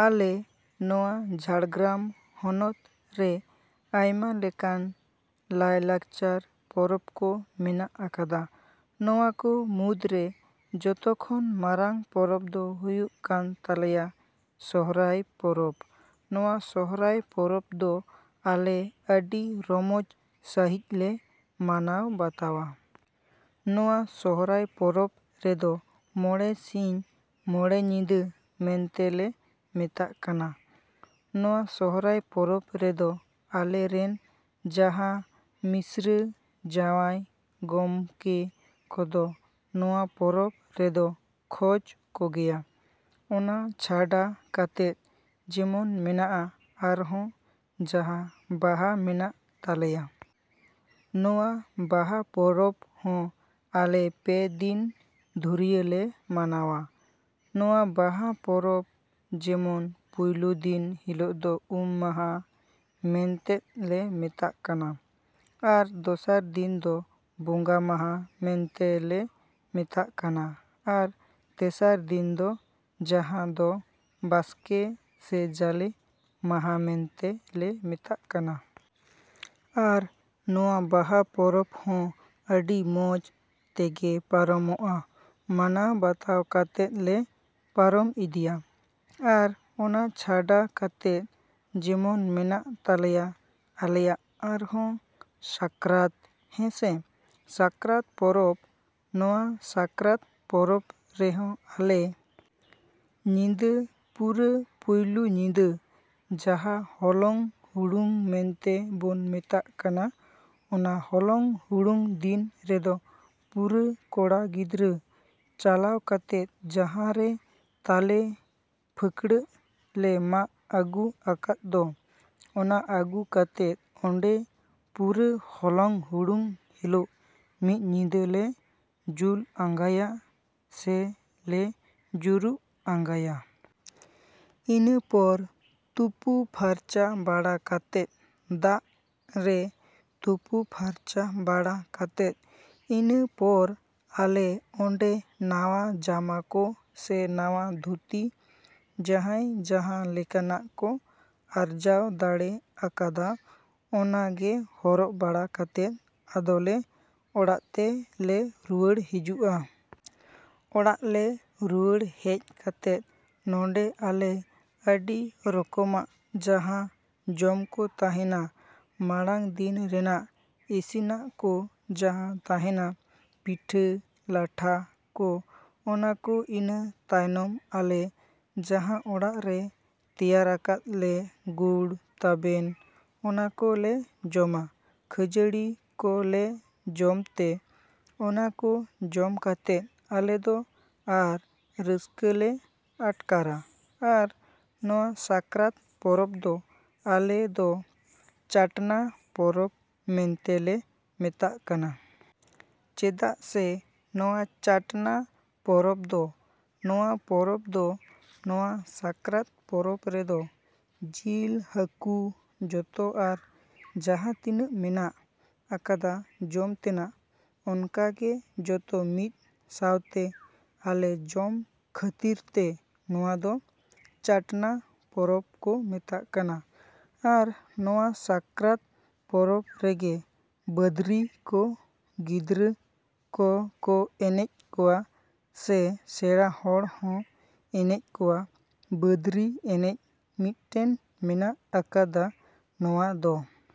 ᱟᱞᱮ ᱱᱚᱣᱟ ᱡᱷᱟᱲᱜᱨᱟᱢ ᱦᱚᱱᱚᱛ ᱨᱮ ᱟᱭᱢᱟ ᱞᱮᱠᱟᱱ ᱞᱟᱭᱞᱟᱠᱪᱟᱨ ᱯᱚᱨᱚᱵᱽ ᱠᱚ ᱢᱮᱱᱟᱜ ᱟᱠᱟᱫᱟ᱾ ᱱᱚᱣᱟ ᱠᱚ ᱢᱩᱫᱽᱨᱮ ᱡᱚᱛᱚ ᱠᱷᱚᱱ ᱢᱟᱨᱟᱝ ᱯᱚᱨᱚᱵᱽ ᱫᱚ ᱦᱩᱭᱩᱜ ᱠᱟᱱ ᱛᱟᱞᱮᱭᱟ ᱥᱚᱦᱨᱟᱭ ᱯᱚᱨᱚᱵᱽ᱾ ᱱᱚᱣᱟ ᱥᱚᱦᱨᱟᱭ ᱯᱚᱨᱚᱵᱽ ᱫᱚ ᱟᱞᱮ ᱟᱹᱰᱤ ᱨᱚᱢᱚᱡᱽ ᱥᱟᱺᱦᱤᱡ ᱞᱮ ᱢᱟᱱᱟᱣ ᱵᱟᱛᱟᱣᱟ᱾ ᱱᱚᱣᱟ ᱥᱚᱦᱨᱟᱭ ᱯᱚᱨᱚᱵᱽ ᱨᱮᱫᱚ ᱢᱚᱬᱮ ᱥᱤᱧ ᱢᱚᱬᱮ ᱧᱤᱫᱟᱹ ᱢᱮᱱᱛᱮ ᱞᱮ ᱢᱮᱛᱟᱜ ᱠᱟᱱᱟ᱾ ᱱᱚᱣᱟ ᱥᱚᱦᱨᱟᱭ ᱯᱚᱨᱚᱵᱽ ᱨᱮᱫᱚ ᱟᱞᱮ ᱨᱮᱱ ᱡᱟᱦᱟᱸ ᱢᱤᱥᱨᱟᱹ ᱡᱟᱶᱟᱭ ᱜᱚᱢᱠᱮ ᱠᱚᱫᱚ ᱱᱚᱣᱟ ᱯᱚᱨᱚᱵᱽ ᱨᱮᱫᱚ ᱠᱷᱚᱡᱽ ᱠᱚᱜᱮᱭᱟ᱾ ᱚᱱᱟ ᱪᱷᱟᱰᱟ ᱠᱟᱛᱮᱫ ᱡᱮᱢᱚᱱ ᱢᱮᱱᱟᱜ-ᱟ ᱟᱨᱦᱚᱸ ᱡᱟᱦᱟᱸ ᱵᱟᱦᱟ ᱢᱮᱱᱟᱜ ᱛᱟᱞᱮᱭᱟ᱾ ᱱᱚᱣᱟ ᱵᱟᱦᱟ ᱯᱚᱨᱚᱵᱽ ᱦᱚᱸ ᱟᱞᱮ ᱯᱮ ᱫᱤᱱ ᱫᱷᱩᱨᱭᱟᱹ ᱞᱮ ᱢᱟᱱᱟᱣᱟ᱾ ᱱᱚᱣᱟ ᱵᱟᱦᱟ ᱯᱚᱨᱚᱵᱽ ᱡᱮᱢᱚᱱ ᱯᱩᱭᱞᱩ ᱫᱤᱱ ᱦᱤᱞᱚᱜ ᱫᱚ ᱩᱢ ᱢᱟᱦᱟ ᱢᱮᱱᱛᱮᱫ ᱞᱮ ᱢᱮᱛᱟᱜ ᱠᱟᱱᱟ᱾ ᱟᱨ ᱫᱚᱥᱟᱨ ᱫᱤᱱ ᱫᱚ ᱵᱚᱸᱜᱟ ᱢᱟᱦᱟ ᱢᱮᱱᱛᱮ ᱞᱮ ᱢᱮᱛᱟᱜ ᱠᱟᱱᱟ ᱟᱨ ᱛᱮᱥᱟᱨ ᱫᱤᱱ ᱫᱚ ᱡᱟᱦᱟᱸ ᱫᱚ ᱵᱟᱥᱠᱮ ᱥᱮ ᱡᱟᱞᱮ ᱢᱟᱦᱟ ᱢᱮᱱᱛᱮ ᱞᱮ ᱢᱮᱛᱟᱜ ᱠᱟᱱᱟ᱾ ᱟᱨ ᱱᱚᱣᱟ ᱵᱟᱦᱟ ᱯᱚᱨᱚᱵᱽ ᱦᱚᱸ ᱟᱹᱰᱤ ᱢᱚᱡᱽ ᱛᱮᱜᱮ ᱯᱟᱨᱚᱢᱚᱜ-ᱟ, ᱢᱟᱱᱟᱣ ᱵᱟᱛᱟᱣ ᱠᱟᱛᱮᱫ ᱞᱮ ᱯᱟᱨᱚᱢ ᱤᱫᱤᱭᱟ᱾ ᱟᱨ ᱚᱱᱟ ᱪᱷᱟᱰᱟ ᱠᱟᱛᱮᱫ ᱡᱮᱢᱚᱱ ᱢᱮᱱᱟᱜ ᱛᱟᱞᱮᱭᱟ ᱟᱞᱮᱭᱟᱜ ᱟᱨᱦᱚᱸ ᱥᱟᱠᱨᱟᱛ ᱦᱮᱸᱥᱮ᱾ ᱥᱟᱠᱨᱟᱛ ᱯᱚᱨᱚᱵᱽ ᱱᱚᱣᱟ ᱥᱟᱠᱨᱟᱛ ᱯᱚᱨᱚᱵᱽ ᱨᱮᱦᱚᱸ ᱟᱞᱮ ᱧᱤᱫᱟᱹ ᱯᱩᱨᱟᱹ ᱯᱩᱭᱞᱩ ᱧᱤᱫᱟᱹ ᱡᱟᱦᱟᱸ ᱦᱚᱞᱚᱝ ᱦᱩᱲᱩᱝ ᱢᱮᱱᱛᱮ ᱵᱚᱱ ᱢᱮᱛᱟᱜ ᱠᱟᱱᱟ ᱚᱱᱟ ᱦᱚᱞᱚᱝ ᱦᱩᱲᱩᱝ ᱫᱤᱱ ᱨᱮᱫᱚ ᱯᱩᱨᱟᱹ ᱠᱚᱲᱟ ᱜᱤᱫᱽᱨᱟᱹ ᱪᱟᱞᱟᱣ ᱠᱟᱛᱮᱫ ᱡᱟᱦᱟᱸ ᱨᱮ ᱛᱟᱞᱮ ᱯᱷᱟᱹᱠᱲᱟᱹᱜ ᱞᱮ ᱢᱟᱜ ᱟᱹᱜᱩ ᱟᱠᱟᱫ ᱫᱚ ᱚᱱᱟ ᱟᱹᱜᱩ ᱠᱟᱛᱮᱫ ᱚᱸᱰᱮ ᱯᱩᱨᱟᱹ ᱦᱚᱞᱚᱝ ᱦᱩᱲᱩᱝ ᱦᱤᱞᱚᱜ ᱢᱤᱫ ᱧᱤᱫᱟᱹ ᱞᱮ ᱡᱩᱞ ᱟᱸᱜᱟᱭᱟ ᱥᱮ ᱞᱮ ᱡᱩᱨᱩᱜ ᱟᱸᱜᱟᱜ-ᱟ᱾ ᱤᱱᱟᱹ ᱯᱚᱨ ᱛᱩᱯᱩ ᱯᱷᱟᱨᱪᱟ ᱵᱟᱲᱟ ᱠᱟᱛᱮᱫ ᱫᱟᱜ ᱨᱮ ᱛᱩᱯᱩ ᱯᱷᱟᱨᱪᱟ ᱵᱟᱲᱟ ᱠᱟᱛᱮᱫ ᱤᱱᱟᱹ ᱯᱚᱨ ᱟᱞᱮ ᱚᱸᱰᱮ ᱱᱟᱣᱟ ᱡᱟᱢᱟ ᱠᱚ ᱥᱮ ᱱᱟᱣᱟ ᱫᱷᱩᱛᱤ ᱡᱟᱦᱟᱸᱭ ᱡᱟᱦᱟᱸ ᱞᱮᱠᱟᱱᱟᱜ ᱠᱚ ᱟᱨᱡᱟᱣ ᱫᱟᱲᱮ ᱟᱠᱟᱫᱟ ᱚᱱᱟ ᱜᱮ ᱦᱚᱨᱚᱜ ᱵᱟᱲᱟ ᱠᱟᱛᱮᱫ ᱟᱫᱚ ᱞᱮ ᱚᱲᱟᱜ ᱛᱮ ᱞᱮ ᱨᱩᱣᱟᱹᱲ ᱦᱤᱡᱩᱜ-ᱟ᱾ ᱚᱲᱟᱜ ᱞᱮ ᱨᱩᱣᱟᱹᱲ ᱦᱮᱡ ᱠᱟᱛᱮᱫ ᱱᱚᱰᱮ ᱟᱞᱮ ᱟᱹᱰᱤ ᱨᱚᱠᱚᱢᱟᱜ ᱡᱟᱦᱟᱸ ᱡᱚᱢ ᱠᱚ ᱛᱟᱦᱮᱸᱱᱟ ᱢᱟᱲᱟᱝ ᱫᱤᱱ ᱨᱮᱱᱟᱜ ᱤᱥᱤᱱᱟᱜ ᱠᱚ ᱡᱟᱦᱟᱸ ᱛᱟᱦᱮᱸᱱᱟ ᱯᱤᱴᱷᱟᱹ ᱞᱟᱴᱷᱟ ᱠᱚ ᱚᱱᱟ ᱠᱚ ᱤᱱᱟᱹ ᱛᱟᱭᱱᱚᱢ ᱟᱞᱮ ᱡᱟᱦᱟᱸ ᱚᱲᱟᱜ ᱨᱮ ᱛᱮᱭᱟᱨ ᱟᱠᱟᱫ ᱞᱮ ᱜᱩᱲ ᱛᱟᱵᱮᱱ ᱚᱱᱟ ᱠᱚ ᱞᱮ ᱡᱚᱢᱟ ᱠᱷᱟᱹᱡᱟᱹᱲᱤ ᱠᱚ ᱞᱮ ᱡᱚᱢ ᱛᱮ ᱚᱱᱟ ᱠᱚ ᱡᱚᱢ ᱠᱟᱛᱮᱫ ᱟᱞᱮ ᱫᱚ ᱟᱨ ᱨᱟᱹᱥᱠᱟᱹ ᱞᱮ ᱟᱴᱠᱟᱨᱟ ᱟᱨ ᱱᱚᱣᱟ ᱥᱟᱠᱨᱟᱛ ᱯᱚᱨᱚᱵᱽ ᱫᱚ ᱟᱞᱮ ᱫᱚ ᱪᱟᱴᱱᱟ ᱯᱚᱨᱚᱵᱽ ᱢᱮᱱᱛᱮ ᱞᱮ ᱢᱮᱛᱟᱜ ᱠᱟᱱᱟ᱾ ᱪᱮᱫᱟᱜ ᱥᱮ ᱱᱚᱣᱟ ᱪᱟᱴᱱᱟ ᱯᱚᱨᱚᱵᱽ ᱫᱚ ᱱᱚᱣᱟ ᱯᱚᱨᱚᱵᱽ ᱫᱚ ᱱᱚᱣᱟ ᱥᱟᱠᱨᱟᱛ ᱯᱚᱨᱚᱵᱽ ᱨᱮᱫᱚ ᱡᱤᱞ ᱦᱟᱹᱠᱩ ᱡᱚᱛᱚ ᱟᱨ ᱡᱟᱦᱟᱸ ᱛᱤᱱᱟᱹᱜ ᱢᱮᱱᱟᱜ ᱟᱠᱟᱫᱟ ᱡᱚᱢ ᱛᱮᱱᱟᱜ ᱚᱱᱠᱟ ᱜᱮ ᱡᱚᱛᱚ ᱢᱤᱫ ᱥᱟᱶᱛᱮ ᱟᱞᱮ ᱡᱚᱢ ᱠᱷᱟᱹᱛᱤᱨ ᱛᱮ ᱱᱚᱣᱟ ᱫᱚ ᱪᱟᱴᱱᱟ ᱯᱚᱨᱚᱵᱽ ᱠᱚ ᱢᱮᱛᱟᱜ ᱠᱟᱱᱟ ᱟᱨ ᱱᱚᱣᱟ ᱥᱟᱠᱨᱟᱛ ᱯᱚᱨᱚᱵᱽ ᱨᱮᱜᱮ ᱵᱟᱸᱫᱽᱨᱤ ᱠᱚ ᱜᱤᱫᱽᱨᱟᱹ ᱠᱚ ᱠᱚ ᱮᱱᱮᱡ ᱠᱚᱣᱟ ᱥᱮ ᱥᱮᱬᱟ ᱦᱚᱲ ᱦᱚᱸ ᱮᱱᱮᱡ ᱠᱚᱣᱟ ᱵᱟᱸᱫᱽᱨᱤ ᱮᱱᱮᱡ ᱢᱤᱫᱴᱮᱱ ᱢᱮᱱᱟᱜ ᱟᱠᱟᱫᱟ ᱱᱚᱣᱟ ᱫᱚ᱾